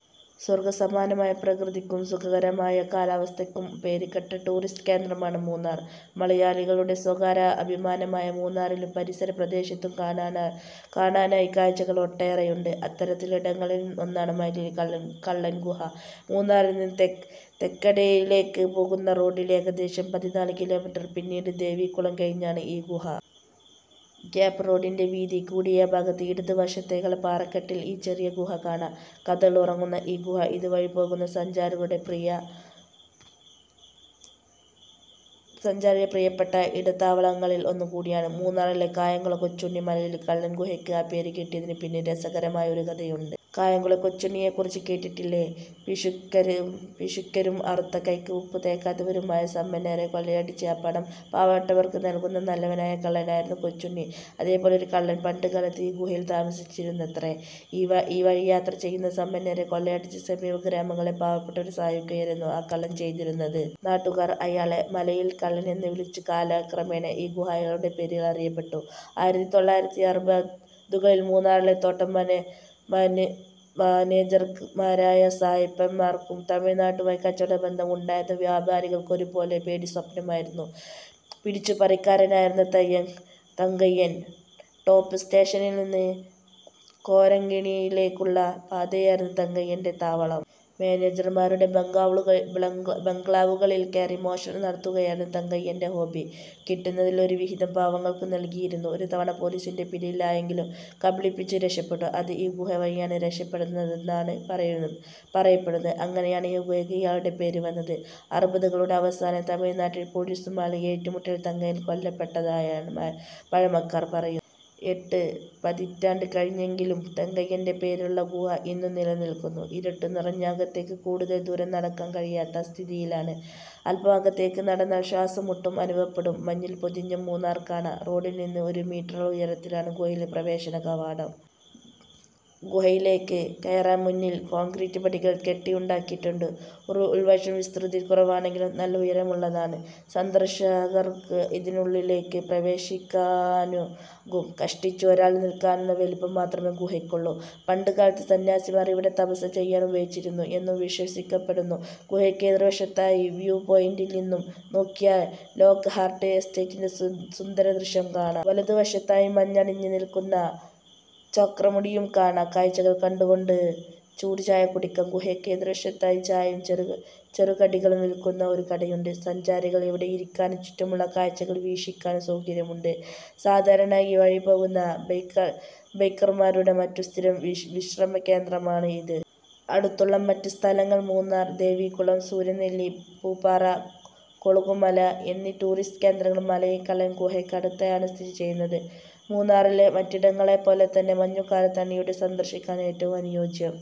സ്വർഗ്ഗ സമാനമായ പ്രകൃതിക്കും സുഖകരമായ കാലാവസ്ഥയ്ക്കും പേരുകേട്ട ടൂറിസ്റ്റ് കേന്ദ്രമാണ് മൂന്നാർ. മലയാളികളുടെ സ്വകാര്യ അഭിമാനമായ മൂന്നാറിലും പരിസരപ്രദേശത്തും കാണാനാ കാണാനായി കാഴ്ചകൾ ഒട്ടേറെയുണ്ട്. അത്തരത്തിലുള്ള ഇടങ്ങളിൽ ഒന്നാണ് മലയിൽ കള്ളൻ ഗുഹ. മൂന്നാറിൽ നിന്നും തേക്കടിയിലേക്ക് പോകുന്ന റോഡിൽ, ഏകദേശം പതിനാലു കിലോമീറ്റർ പിന്നിട്ട്, ദേവികുളം കഴിഞ്ഞാണ് ഈ ഗുഹ. ഗ്യാപ്പ് റോഡിന്റെ വീതി കൂടിയഭാഗത്ത്, ഇടത് വശത്തായുള്ള പാറക്കെട്ടിൽ ഈ ചെറിയ ഗുഹ കാണാം. കഥകൾ ഉറങ്ങുന്ന ഈ ഗുഹ ഇതുവഴി പോകുന്ന സഞ്ചാരികളുടെ പ്രിയപ്പെട്ട ഇടത്താവളങ്ങളിൽ ഒന്നുകൂടിയാണ്. മൂന്നാറിലെ കായംകുളം കൊച്ചുണ്ണി! മലയിൽ കള്ളൻ ഗുഹയ്ക്ക് ആ പേര് കിട്ടിയതിനു പിന്നിൽ രസകരമായ ഒരു കഥയുണ്ട്. കായംകുളം കൊച്ചുണ്ണിയെക്കുറിച്ച് കേട്ടിട്ടില്ലേ പിശുക്കരും പിശുക്കരും അറുത്ത കൈക്ക് ഉപ്പുതേക്കാത്തവരുമായ സമ്പന്നരെ കൊള്ളയടിച്ച്, ആ പണം പാവപ്പെട്ടവർക്ക് നൽകുന്ന നല്ലവനായ കള്ളനായിരുന്നു കൊച്ചുണ്ണി. അതേ പോലൊരു കള്ളൻ പണ്ട് കാലത്ത് ഈ ഗുഹയിൽ താമസിച്ചിരുന്നത്രേ. ഈ വഴി യാത്ര ചെയ്യുന്ന സമ്പന്നരെ കൊള്ളയടിച്ച് സമീപ ഗ്രാമങ്ങളിലെ പാവപ്പെട്ടവരെ സഹായിക്കുകയായിരുന്നു ആ കള്ളൻ ചെയ്തിരുന്നത്. നാട്ടുകാർ അയാളെ ' മലയിൽ കള്ളൻ ' എന്ന് വിളിച്ചു. കാലക്രമേണ, ഈ ഗുഹ അയാളുടെ പേരിൽ അറിയപ്പെട്ടു. ആയിരത്തിതൊള്ളായിരത്തിഅറുപതുകളിൽ മൂന്നാറിലെ തോട്ടം മാനേജർമാരായ സായ്പന്മാർക്കും തമിഴ്നാടുമായി കച്ചവട ബന്ധം ഉണ്ടായിരുന്ന വ്യാപാരികൾക്കും ഒരുപോലെ പേടിസ്വപ്നം ആയിരുന്നു പിടിച്ചുപറിക്കാരനായിരുന്ന തയ്യ തങ്കയ്യൻ. ടോപ് സ്റ്റേഷനിൽ നിന്ന് കൊരങ്കിണിയിലേക്കുള്ള പാതയായിരുന്നു തങ്കയ്യന്റെ താവളം. മാനേജർമാരുടെ ബ്ലംഗ്ലാ ബംഗ്ലാവുകളിൽ കയറി മോഷണം നടത്തുകയായിരുന്നു തങ്കയ്യന്റെ ഹോബി. കിട്ടുന്നതിൽ ഒരു വിഹിതം പാവങ്ങൾക്കു നൽകിയിരുന്നു. ഒരുതവണ പൊലീസിന്റെ പിടിയിൽ ആയെങ്കിലും കബളിപ്പിച്ചു രക്ഷപ്പെട്ടു. അന്ന് ഈ ഗുഹ വഴിയാണ് രക്ഷപ്പെട്ടതെന്നാണ് പറയപ്പെടുന്നത്. അങ്ങനെയാണ് ഈ ഗുഹയ്ക്ക് ഇയാളുടെ പേര് വന്നത്. അറുപതുകളുടെ അവസാനം തമിഴ്നാട്ടിൽ പൊലീസുമായുള്ള ഏറ്റുമുട്ടലിൽ തങ്കയ്യൻ കൊല്ലപ്പെട്ടതായാണ് പഴമക്കാർ പറയുന്നത്. എട്ട് പതിറ്റാണ്ട് കഴിഞ്ഞെങ്കിലും തങ്കയ്യന്റെ പേരിലുള്ള ഗുഹ ഇന്നും നിലനിൽക്കുന്നു. ഇരുട്ട് നിറഞ്ഞ് അകത്തേക്ക് കൂടുതൽ ദൂരം നടക്കാൻ കഴിയാത്ത സ്ഥിതിയിലാണ്. അൽപം അകത്തേക്ക് നടന്നാൽ ശ്വാസംമുട്ടും അനുഭവപ്പെടും. മഞ്ഞിൽ പൊതിഞ്ഞ മൂന്നാർ കാണാം റോഡിൽ നിന്ന് ഒരു മീറ്ററോളം ഉയരത്തിലാണ് ഗുഹയുടെ പ്രവേശന കവാടം. ഗുഹയിലേക്ക് കയറാൻ മുന്നിൽ കോൺക്രീറ്റ് പടികൾ കെട്ടി ഉണ്ടാക്കിയിട്ടുണ്ട്. ഉൾവശം വിസ്തൃതി കുറവാണെങ്കിലും നല്ല ഉയരമുള്ളതാണ്. സന്ദർശകർക്ക് ഇതിനുള്ളിലേക്ക് പ്രവേശിക്കാനാവും. കഷ്ടിച്ച് ഒരാൾക്ക് നിൽക്കാനുള്ള വലിപ്പം മാത്രമേ ഗുഹയ്ക്ക് ഉള്ളു. പണ്ടുകാലത്ത് സന്യാസിമാർ ഇവിടെ തപസ്സു ചെയ്യാനും ഉപയോഗിച്ചിരുന്നു എന്നും വിശ്വസിക്കപ്പെടുന്നു. ഗുഹക്ക് എതിർ വശത്തായുള്ള വ്യൂപോയിന്റിൽ നിന്നും നോക്കിയാല് ലോക്ക് ഹാർട്ട് എസ്റ്റേറ്റിന്റെ സുന്ദരദൃശ്യം കാണാം. വലത് വശത്തായി മഞ്ഞണിഞ്ഞ് നിൽക്കുന്ന ചൊക്രമുടിയും കാണാം. കാഴ്ചകൾ കണ്ടുകൊണ്ട് ചൂടുചായ കുടിക്കാം ഗുഹയ്ക്ക് എതിർവശത്തായി ചായയും ചെറുകടികളും വിൽക്കുന്ന ഒരു കടയുണ്ട്. സഞ്ചാരികൾക്ക് ഇവിടെ ഇരിക്കാനും ചുറ്റുമുള്ള കാഴ്ചകൾ വീക്ഷിക്കാനും സൗകര്യമുണ്ട്. സാധാരണയായി ഈ വഴി പോകുന്ന ബൈക്കർമാരുടെയും മറ്റും സ്ഥിരം വിശ്രമകേന്ദ്രമാണ് ഇത്. അടുത്തുള്ള മറ്റ് സ്ഥലങ്ങൾ മൂന്നാർ, ദേവികുളം, സൂര്യനെല്ലി, പൂപ്പാറ, കൊളുക്കുമല എന്നീ ടൂറിസ്റ്റ് കേന്ദ്രങ്ങളും മലയിൽ കള്ളൻ ഗുഹയ്ക്ക് അടുത്തായാണ് സ്ഥിതിചെയ്യുന്നത്. മൂന്നാറിലെ മറ്റിടങ്ങളെപ്പോലെ തന്നെ മഞ്ഞുകാലത്താണ് ഇവിടം സന്ദർശിക്കാൻ ഏറ്റവും അനുയോജ്യം.